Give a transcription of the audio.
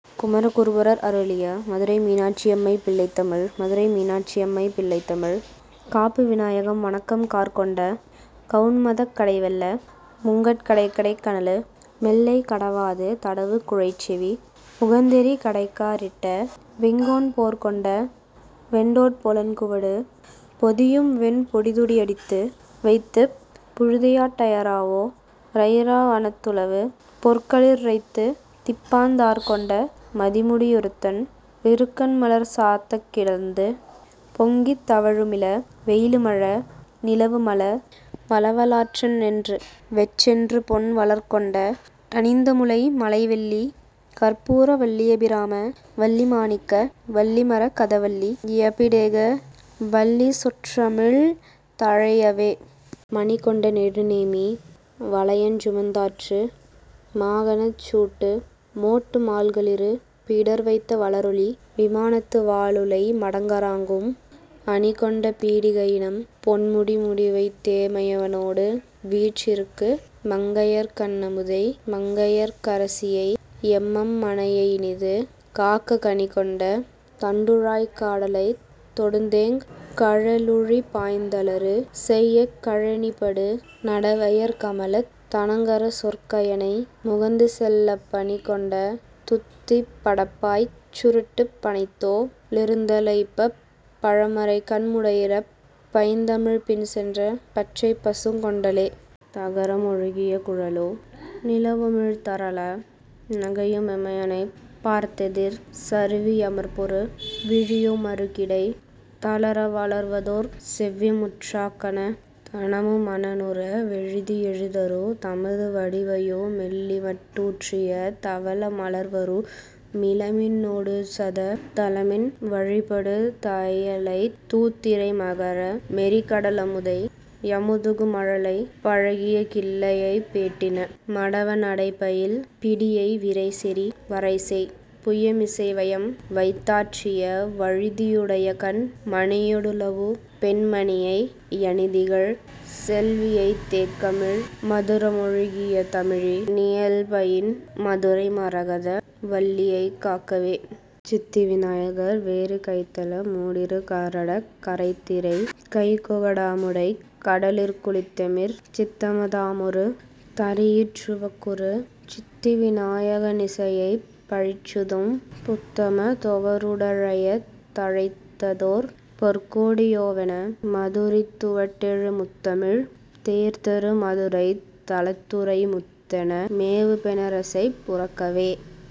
குமரகுருபரர் அருளிய மதுரை மீனாட்சியம்மை பிள்ளைத்தமிழ் மதுரை மீனாட்சியம்மை பிள்ளைத்தமிழ் காப்பு விநாயக வணக்கம் கார்கொண்ட கவுண்மதக் கடைவெள்ள முங்கட் கடைக்கடைக் கனலு மெல்லை கடவாது தடவுக் குழைச்செவி முகந்தெறி கடைக்கா றிட்ட வெங்கோன் போர்கொண்ட வெண்டோ ட்பொலன்குவடு பொதியும்வெண் பொடிதுடி யடித்து வைத்துப் புழுதியாட் டயராவொ ரயிராவ ணத்துலவு பொற்களிற் றைத்து திப்பாந் தார்கொண்ட மதிமுடி யொருத்தன் றிருக்கண்மலர் சாத்தக் கிளர்ந்து பொங்கித் தவழுமிள வெயிலுமழ நிலவுமள வளவலாற் றண்ணென்று வெச்சென்று பொன் வார்கொண்ட டணிந்தமுலை மலைவல்லி கர்ப்பூர வல்லியபி ராம வல்லி மாணிக்க வல்லிமர கதவல்லி யபிடேக வல்லி சொற் றமிழ் தழையவே. மணிகொண்ட நெடுநேமி வலயஞ் சுமந்தாற்று மாகணச் சூட்டு மோட்டு மால்களிறு பிடர்வைத்த வளரொளி விமானத்து வாலுளை மடங்க றாங்கும் அணிகொண்ட பீடிகையி னம்பொன்முடி முடிவைத்தே மையனொடு வீற்றி ருக்கு மங்கயற் கண்ணமுதை மங்கையர்க் கரசியையெ மம்மனையை யினிது காக்க கணிகொண்ட தண்டுழாய்க் காடலைத் தோடுதேங் கழலுழிபாய்ந் தளறு செய்யக் கழனிபடு நடவையிற் கமலத் தணங்கரசொர் கையணை முகந்து செல்லப் பணிகொண்ட துத்திப் படப்பாய்ச் சுருட்டுப் பணைத்தோ ளெருத்த லைப்பப் பழமறைகண் முறையிடப் பைந்தமிழ்ப் பின்சென்ற பச்சைப் பசுங் கொண்டலே. தகரமொழுகிய குழலு நிலவுமிழ் தரள நகையுமெ மையனைப் பார்த்தெதிர் சருவி யமர்பொரு விழியு மறுகிடை தளர வளர்வதொர் செவ்விமுற் றாக்கன தனமு மனனுற வெழுதி யெழுதரு தமது வடிவையு மெள்ளிமட் டூற்றிய தவள மலர்வரு மிளமி னொடுசத தளமின் வழிபடு தையலைத் தூத்திரை மகர மெறிகட லமுதை யமுதுகு மழலை பழகிய கிள்ளையைப் பேட்டன மடவ நடைபயில் பிடியை விரைசெறி வரைசெய் புயமிசை வையம் வைத்தாற்றிய வழுதியுடைய கண் மணியொ டுலவு பெண் மணியை யணிதிகழ் செல்வியைத் தேக்கமழ் மதுர மொழுகிய தமிழி னியல்பயின் மதுரை மரகத வல்லியைக் காக்கவே. சித்தி வினாயகர் வேறு கைத்தல மோடிரு கரடக் கரைத்திரை கைக்குக டாமுடைக் கடலிற் குளித்தெமர் சித்தம தாமொரு தறியிற் றுவக்குறு சித்திவி நாயக னிசையைப் பழிச்சுதும் புத்தமு தோவரு டழையத் தழைத்ததொர் பொற்கோடி யோவென மதுரித் துவட்டெழு முத்தமிழ் தேர்தரு மதுரைத் தலத்துறை முத்தன மேவுபெ ணரசைப் புரக்கவே.